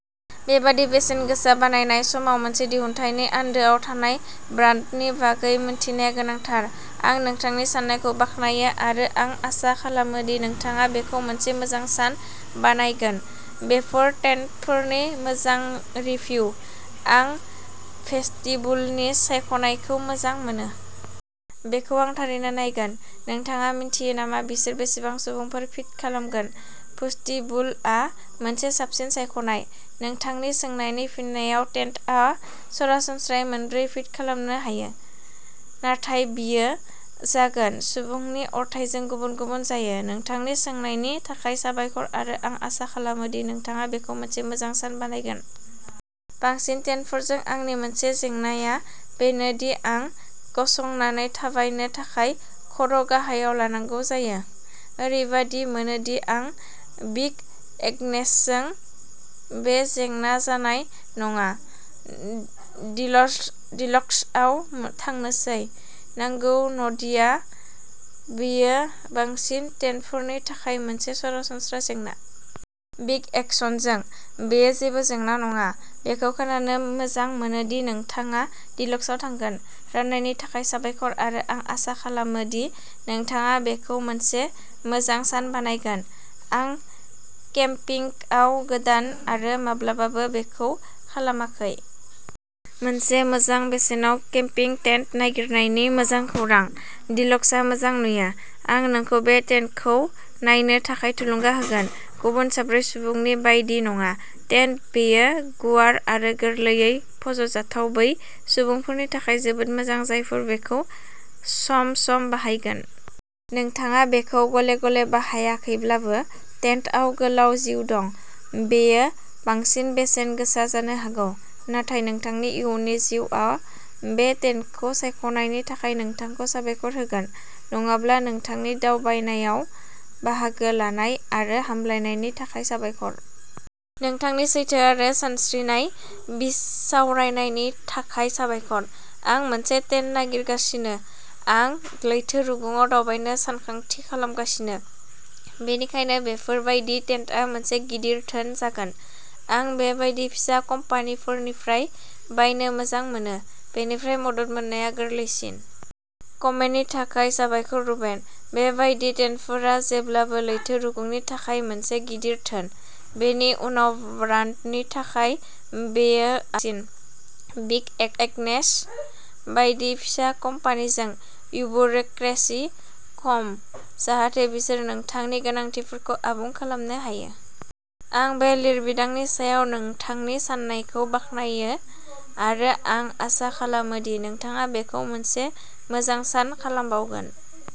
बेबादि बेसेन गोसा बानायनाय समाव मोनसे दिहुनथायनि आन्दोआव थानाय ब्रान्डनि बागै मिन्थिनाया गोनांथार। आं नोंथांनि साननायखौ बाख्नायो आरो आं आसा खालामो दि नोंथाङा बेखौ मोनसे मोजां सान बानायगोन! बेफोर टेन्टफोरनि मोजां रिभिउ! आं भेस्टिबुलनि सायख'नायखौ मोजां मोनो! बेखौ आं थारैनो नायगोन। नोंथाङा मिन्थियो नामा बिसोर बेसेबां सुबुंफोर फिट खालामगोन? भेस्टिबुलआ मोनसे साबसिन सायख'नाय। नोंथांनि सोंनायनि फिननायाव, टेन्टआ सरासनस्रायै मोनब्रै फिट खालामनो हायो, नाथाय बियो जागोन। सुबुंफोरनि अरथाइजों गुबुन-गुबुन जायो। नोंथांनि सोंनायनि थाखाय साबायखर आरो आं आसा खालामो दि नोंथाङा बेखौ मोनसे मोजां सान बानायगोन! बांसिन टेन्टफोरजों आंनि मोनसे जेंनाया बेनो दि आं गसंनानै थाबायनो थाखाय खर'गाहायाव लानांगौ जायो। ओरैबायदि मोनो दि आं बिग एग्नेसजों बे जेंना जानाय नङा। डिलस डिलक्सआव थांनोसै! नंगौ नादिया, बेयो बांसिन टेन्टफोरनि थाखाय मोनसे सरासनस्रा जेंना। बिग एग्सनजों, बेयो जेबो जेंना नङा। बेखौ खोनानो मोजां मोनो दि नोंथाङा डिलक्सआव थांगोन। राननायनि थाखाय साबायखर आरो आं आसा खालामो दि नोंथाङा बेखौ मोनसे मोजां सान बानायगोन! आं केम्पिंगआव गोदान आरो माब्लाबाबो बेखौ खालामाखै। मोनसे मोजां बेसेनाव केम्पिं टेन्ट नागिरनायनि मोजां खौरां। डिलक्सआ मोजां नुयो। आं नोंखौ बे टेन्टखौ नायनो थाखाय थुलुंगा होगोन। गुबुन साब्रै सुबुंनि बायदि नङा। टेन्ट, बेयो गुवार आरो गोरलैयै फज'जाथाव, बै सुबुंफोरनि थाखाय जोबोद मोजां जायफोरा बेखौ सम-सम बाहायगोन। नोंथाङा बेखौ गले-गले बाहायाखैब्लाबो, टेन्टआ गोलाव जिउ दं। बेयो बांसिन बेसेन गोसा जानो हागौ, नाथाय नोंथांनि इयुननि जिउआ बे टेन्टखौ सायख'नायनि थाखाय नोंथांखौ साबायखर होगोन। नङाब्ला, नोंथांनि दावबायनायाव बाहागो लानाय आरो हामलायनायनि थाखाय साबायखर! नोंथांनि सैथो आरो सानस्रिनाय बिसावरायनायनि थाखाय साबायखर। आं मोनसे टेन्ड नागिरगासिनो, आं लैथो रुगुंआव दावबायनो सानथांखि खालामगासिनो, बेनिखायनो बेफोर बायदि टेन्टआ मोनसे गिदिर धोन जागोन। आं बे बायदि फिसा कम्पानिफोरनिफ्राय बायनो मोजां मोनो, बेनिफ्राय मदद मोननाया गोरलैसिन। कमेन्टनि थाखाय साबायखर रुबेन। बे बायदि टेन्टफोरा जेब्लाबो लैथो रुगुंनि थाखाय मोनसे गिदिर धोन। बेनि उनाव ब्रान्डनि थाखाय बियो बांसिन। बिग एग्नेस बायदि फिसा कम्पानिजों, ब्युरोक्रेसि खम। जाहाथे बिसोर नोंथांनि गोनांथिफोरखौ आबुं खालामनो हायो। आं बे लिरबिदांनि सायाव नोंथांनि साननायखौ बाख्नायो आरो आं आसा खालामो दि नोंथाङा बेखौ मोनसे मोजां सान खालामबावगोन!